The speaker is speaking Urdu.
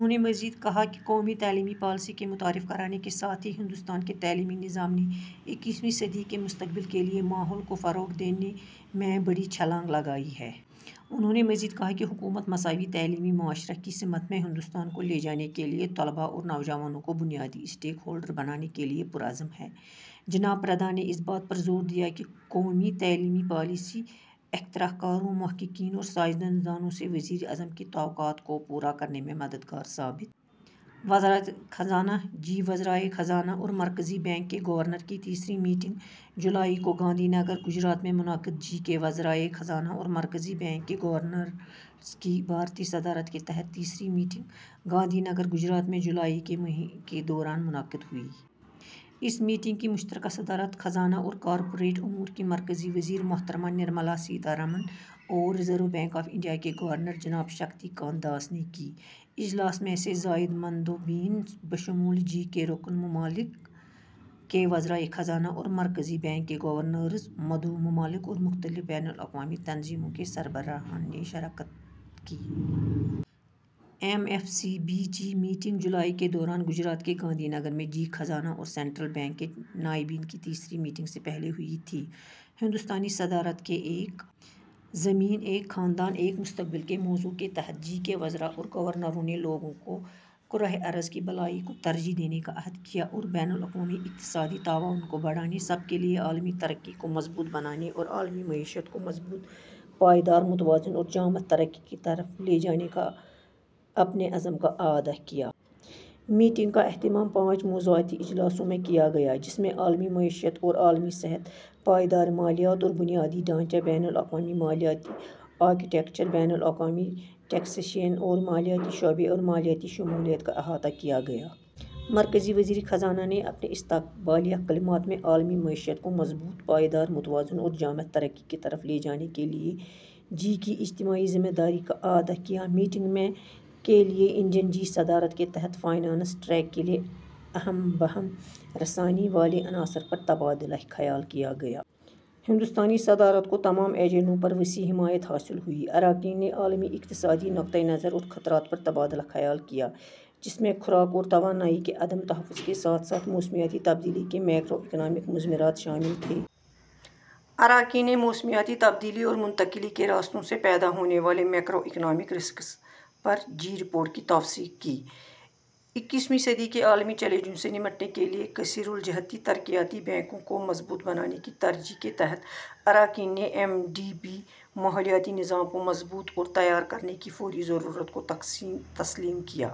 انہوں نے مزید کہا کہ قومی تعلیمی پالیسی- کے متعارف کرانے کے ساتھ ہی ہندوستان کے تعلیمی نظام نے اکیسویں صدی کے مستقبل کے لئے ماحول کو فروغ دینے میں بڑی چھلانگ لگائی ہے۔ انہوں نےمزید کہا کہ حکومت مساوی تعلیمی معاشرہ کی سمت میں ہندوستان کو لے جانے کیلئے طلباء اور نوجوانوں کو بنیادی اسٹیک ہولڈر بنانے کیلئے پُرعزم ہے۔ جناب پردھان نے اس بات پر زور دیا کہ قومی تعلیمی پالیسی اختراع کاروں، محققین اور سائنسدانوں سے وزیراعظم کی توقعات کو پورا کرنے میں مددگار ثابت. وزارت خزانہ جی- وزرائے خزانہ اور مرکزی بینک کے گورنرز کی تیسری میٹنگ - جولائی کو گاندھی نگر، گجرات میں منعقد جی- کے وزرائے خزانہ اور مرکزی بینک کے گورنرز کی بھارتی صدارت کے تحت تیسری میٹنگ گاندھی نگر، گجرات میں - جولائی کے دوران منعقد ہوئی۔ اس میٹنگ کی مشترکہ صدارت خزانہ اور کارپوریٹ امور کی مرکزی وزیر محترمہ نرملا سیتارامن، اور ریزرو بینک آف انڈیا کے گورنر جناب شکتی کانت داس نے کی۔ اجلاس میں سے زائد مندوبین بشمول جی کے رکن ممالک کے وزرائے خزانہ اور مرکزی بینک کے گورنرز، مدعو ممالک اور مختلف بین الاقوامی تنظیموں کے سربراہان نے شرکت کی۔ F M C B G meeting - جولائی کے دوران گجرات کے گاندھی نگر میں جی- خزانہ اور سنٹرل بینک کے نائبین کی تیسری میٹنگ سے پہلے ہوئی تھی۔ ہندوستانی صدارت کے "ایک زمین، ایک خاندان، ایک مستقبل" کے موضوع کے تحت، جی- کے وزراء اور گورنروں نے لوگوں اور کرہ ارض کی بھلائی کو ترجیح دینے کا عہد کیا اور بین الاقوامی اقتصادی تعاون کو بڑھانے، سب کے لیے عالمی ترقی کو مضبوط بنانے اور عالمی معیشت کو مضبوط، پائیدار، متوازن، اور جامع ترقی کی طرف لے جانے کے اپنے عزم کا اعادہ کیا۔ میٹنگ کا اہتمام پانچ موضوعاتی اجلاسوں میں کیا گیا، جس میں عالمی معیشت اور عالمی صحت، پائیدار مالیات اور بنیادی ڈھانچہ، بین الاقوامی مالیاتی آرکیٹیکچر، بین الاقوامی ٹیکسیشن، اور مالیاتی شعبے اور مالیاتی شمولیت کا احاطہ کیا گیا۔ مرکزی وزیر خزانہ نے اپنے استقبالیہ کلمات میں عالمی معیشت کو مضبوط، پائیدار، متوازن اور جامع ترقی کی طرف لے جانے کے لیے جی - کی اجتماعی ذمہ داری کا اعادہ کیا۔ میٹنگ میں کے لیے انڈین جی- صدارت کے تحت فائنانس ٹریک کے اہم بہم رسانی والے عناصر پر تبادلہ خیال کیا گیا۔ ہندوستانی صدارت کو تمام ایجنڈوں پر وسیع حمایت حاصل ہوئی۔ اراکین نے عالمی اقتصادی نقطہ نظر اور خطرات پر تبادلہ خیال کیا، جس میں خوراک اور توانائی کے عدم تحفظ کے ساتھ ساتھ موسمیاتی تبدیلی کے میکرو اکنامک مضمرات شامل تھے۔ اراکین نے موسمیاتی تبدیلی اور منتقلی کے راستوں سے پیدا ہونے والے میکرو اکنامک رسکس پر جی- رپورٹ کی توثیق کی۔ اکیسویں صدی کے عالمی چیلنجوں سے نمٹنے کے لیے کثیر الجہتی ترقیاتی بینکوں کو مضبوط بنانے کی ترجیح کے تحت، اراکین نے ایم ڈی بی ماحولیاتی نظام کو مضبوط اور تیار کرنے کی فوری ضرورت کو تسلیم کیا۔